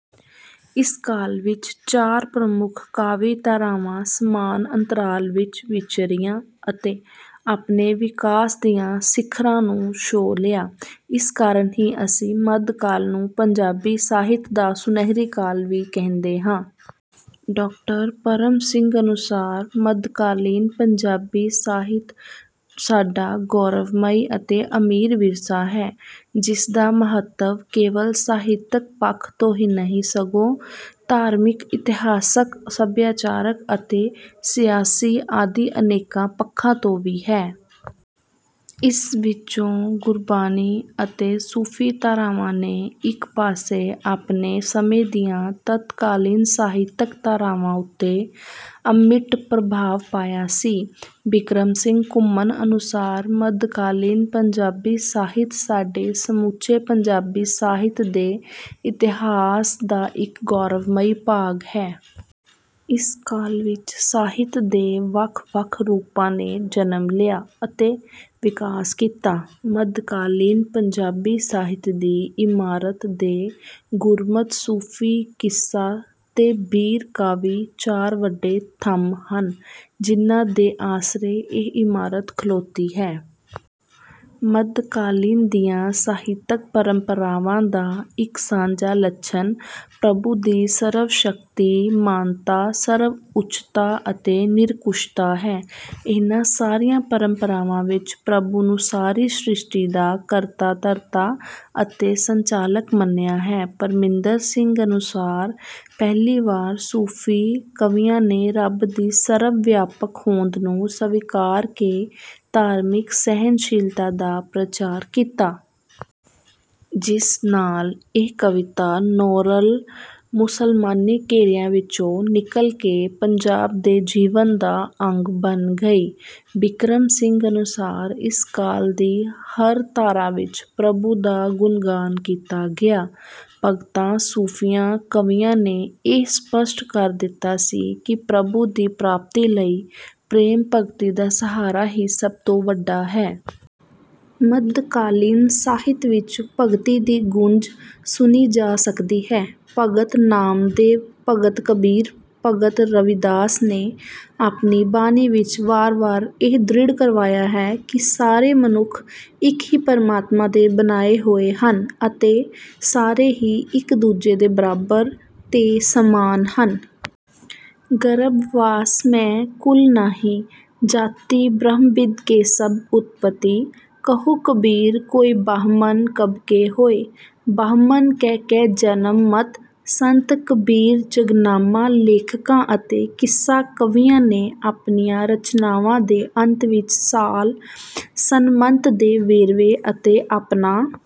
ਇਸ ਕਾਲ ਵਿੱਚ ਚਾਰ ਪ੍ਰਮੁੱਖ ਕਾਵਿ ਧਾਰਾਵਾਂ ਸਮਾਨ ਅੰਤਰਾਲ ਵਿੱਚ ਵਿਚਰੀਆਂ ਅਤੇ ਆਪਣੇ ਵਿਕਾਸ ਦੀਆਂ ਸਿਖਰਾਂ ਨੂੰ ਛੋਹ ਲਿਆ। ਇਸ ਕਾਰਨ ਹੀ ਅਸੀਂ ਮੱਧ ਕਾਲ ਨੂੰ ਪੰਜਾਬੀ ਸਾਹਿਤ ਦਾ ਸੁਨਹਿਰੀ ਕਾਲ ਵੀ ਕਹਿੰਦੇ ਹਾਂ। ਡਾਕਟਰ ਪਰਮ ਸਿੰਘ ਅਨੁਸਾਰ ਮੱਧਕਾਲੀਨ ਪੰਜਾਬੀ ਸਾਹਿਤ ਸਾਡਾ ਗੌਰਵਮਈ ਅਤੇ ਅਮੀਰ ਵਿਰਸਾ ਹੈ। ਜਿਸ ਦਾ ਮਹੱਤਵ ਕੇਵਲ ਸਾਹਿਤਿਕ ਪੱਖ ਤੋਂ ਹੀ ਨਹੀਂ ਸਗੋਂ ਧਾਰਮਿਕ ਇਤਿਹਾਸਕ ਸੱਭਿਆਚਾਰਕ ਅਤੇ ਸਿਆਸੀ ਆਦਿ ਅਨੇਕਾਂ ਪੱਖਾਂ ਤੋਂ ਵੀ ਹੈ। ਇਸ ਵਿੱਚੋਂ ਗੁਰਬਾਣੀ ਅਤੇ ਸੂਫੀ ਧਾਰਾਵਾਂ ਨੇ ਇੱਕ ਪਾਸੇ ਆਪਣੇ ਸਮੇਂ ਦੀਆਂ ਤਤਕਾਲੀਨ ਸਾਹਿਤਿਕ ਧਾਰਾਵਾਂ ਉੱਤੇ ਅਮਿੱਟ ਪ੍ਰਭਾਵ ਪਾਇਆ ਸੀ। ਬਿਕਰਮ ਸਿੰਘ ਘੁਮਣ ਅਨੁਸਾਰ ਮੱਧਕਾਲੀਨ ਪੰਜਾਬੀ ਸਾਹਿਤ ਸਾਡੇ ਸਮੁੱਚੇ ਪੰਜਾਬੀ ਸਾਹਿਤ ਦੇ ਇਤਿਹਾਸ ਦਾ ਇੱਕ ਗੌਰਵਮਈ ਭਾਗ ਹੈ। ਇਸ ਕਾਲ ਵਿੱਚ ਸਾਹਿਤ ਦੇ ਵੱਖ ਵੱਖ ਰੂਪਾਂ ਨੇ ਜਨਮ ਲਿਆ ਅਤੇ ਵਿਕਾਸ ਕੀਤਾ। ਮੱਧਕਾਲੀਨ ਪੰਜਾਬੀ ਸਾਹਿਤ ਦੀ ਇਮਾਰਤ ਦੇ ਗੁਰਮਤਿ ਸੂਫੀ ਕਿੱਸਾ ਤੇ ਬੀਰ ਕਾਵਿ ਚਾਰ ਵੱਡੇ ਥੰਮ ਹਨ ਜਿਨ੍ਹਾਂ ਦੇ ਆਸਰੇ ਇਹ ਇਮਾਰਤ ਖਲੋਤੀ ਹੈ। ਮੱਧਕਾਲੀਨ ਦੀਆਂ ਸਾਹਿਤਕ ਪਰੰਪਰਾਵਾਂ ਦਾ ਇੱਕ ਸਾਂਝਾ ਲੱਛਣ ਪ੍ਰਭੂ ਦੀ ਸਰਵਸ਼ਕਤੀ ਮਾਨਤਾ ਸਰਵਉੱਚਤਾ ਅਤੇ ਨਿਰਕੁਸ਼ਤਾ ਹੈ। ਇਹਨਾਂ ਸਾਰੀਆਂ ਪਰੰਪਰਾਵਾਂ ਵਿੱਚ ਪ੍ਰਭੂ ਨੂੰ ਸਾਰੀ ਸ੍ਰਿਸ਼ਟੀ ਦਾ ਕਰਤਾ ਧਰਤਾ ਅਤੇ ਸੰਚਾਲਕ ਮੰਨਿਆ ਹੈ। ਪਰਮਿੰਦਰ ਸਿੰਘ ਅਨੁਸਾਰ ਪਹਿਲੀ ਵਾਰ ਸੂਫੀ ਕਵੀਆਂ ਨੇ ਰੱਬ ਦੀ ਸਰਵ ਵਿਆਪਕ ਹੋਂਦ ਨੂੰ ਸਵੀਕਾਰ ਕੇ ਧਾਰਮਿਕ ਸਹਿਣਸ਼ੀਲਤਾ ਦਾ ਪ੍ਰਚਾਰ ਕੀਤਾ। ਜਿਸ ਨਾਲ ਇਹ ਕਵਿਤਾ ਨੋਰਲ ਮੁਸਲਮਾਨੀ ਘੇਰਿਆਂ ਵਿੱਚੋਂ ਨਿਕਲ ਕੇ ਪੰਜਾਬ ਦੇ ਜੀਵਨ ਦਾ ਅੰਗ ਬਣ ਗਈ। ਬਿਕਰਮ ਸਿੰਘ ਅਨੁਸਾਰ ਇਸ ਕਾਲ ਦੀ ਹਰ ਧਾਰਾ ਵਿੱਚ ਪ੍ਰਭੂ ਦਾ ਗੁਣਗਾਨ ਕੀਤਾ ਗਿਆ। ਭਗਤਾਂ ਸੂਫੀਆਂ ਕਵੀਆਂ ਨੇ ਇਹ ਸਪੱਸ਼ਟ ਕਰ ਦਿੱਤਾ ਸੀ ਕਿ ਪ੍ਰਭੂ ਦੀ ਪ੍ਰਾਪਤੀ ਲਈ ਪ੍ਰੇਮ ਭਗਤੀ ਦਾ ਸਹਾਰਾ ਹੀ ਸਭ ਤੋਂ ਵੱਡਾ ਹੈ। ਮੱਧਕਾਲੀਨ ਸਾਹਿਤ ਵਿੱਚ ਭਗਤੀ ਦੀ ਗੂੰਜ ਸੁਣੀ ਜਾ ਸਕਦੀ ਹੈ। ਭਗਤ ਨਾਮਦੇਵ ਭਗਤ ਕਬੀਰ ਭਗਤ ਰਵਿਦਾਸ ਨੇ ਆਪਣੀ ਬਾਣੀ ਵਿੱਚ ਵਾਰ ਵਾਰ ਇਹ ਦ੍ਰਿੜ੍ਹ ਕਰਵਾਇਆ ਹੈ ਕਿ ਸਾਰੇ ਮਨੁੱਖ ਇੱਕ ਹੀ ਪ੍ਰਮਾਤਮਾ ਦੇ ਬਣਾਏ ਹੋਏ ਹਨ ਅਤੇ ਸਾਰੇ ਹੀ ਇੱਕ ਦੂਜੇ ਦੇ ਬਰਾਬਰ ਤੇ ਸਮਾਨ ਹਨ। ਗਰਭ ਵਾਸ ਮੈਂ ਕੁਲ ਨਾਹੀਂ ਜਾਤੀ ਬ੍ਰਹਮ ਬਿੰਦ ਕੇ ਸਭ ਉਤਪਤੀ ਕਹੁ ਕਬੀਰ ਕੋਈ ਬਾਹਮਨ ਕਬ ਕੇ ਹੋਏ। ਬਾਮਨ ਕਹਿ ਕਹਿ ਜਨਮ ਮਤ ਸੰਤ ਕਬੀਰ ਜੰਗਨਾਮਾ ਲੇਖਕਾਂ ਅਤੇ ਕਿੱਸਾ ਕਵੀਆਂ ਨੇ ਆਪਣੀਆਂ ਰਚਨਾਵਾਂ ਦੇ ਅੰਤ ਵਿੱਚ ਸਾਲ ਸੰਮਤ ਦੇ ਵੇਰਵੇ ਅਤੇ ਆਪਣਾ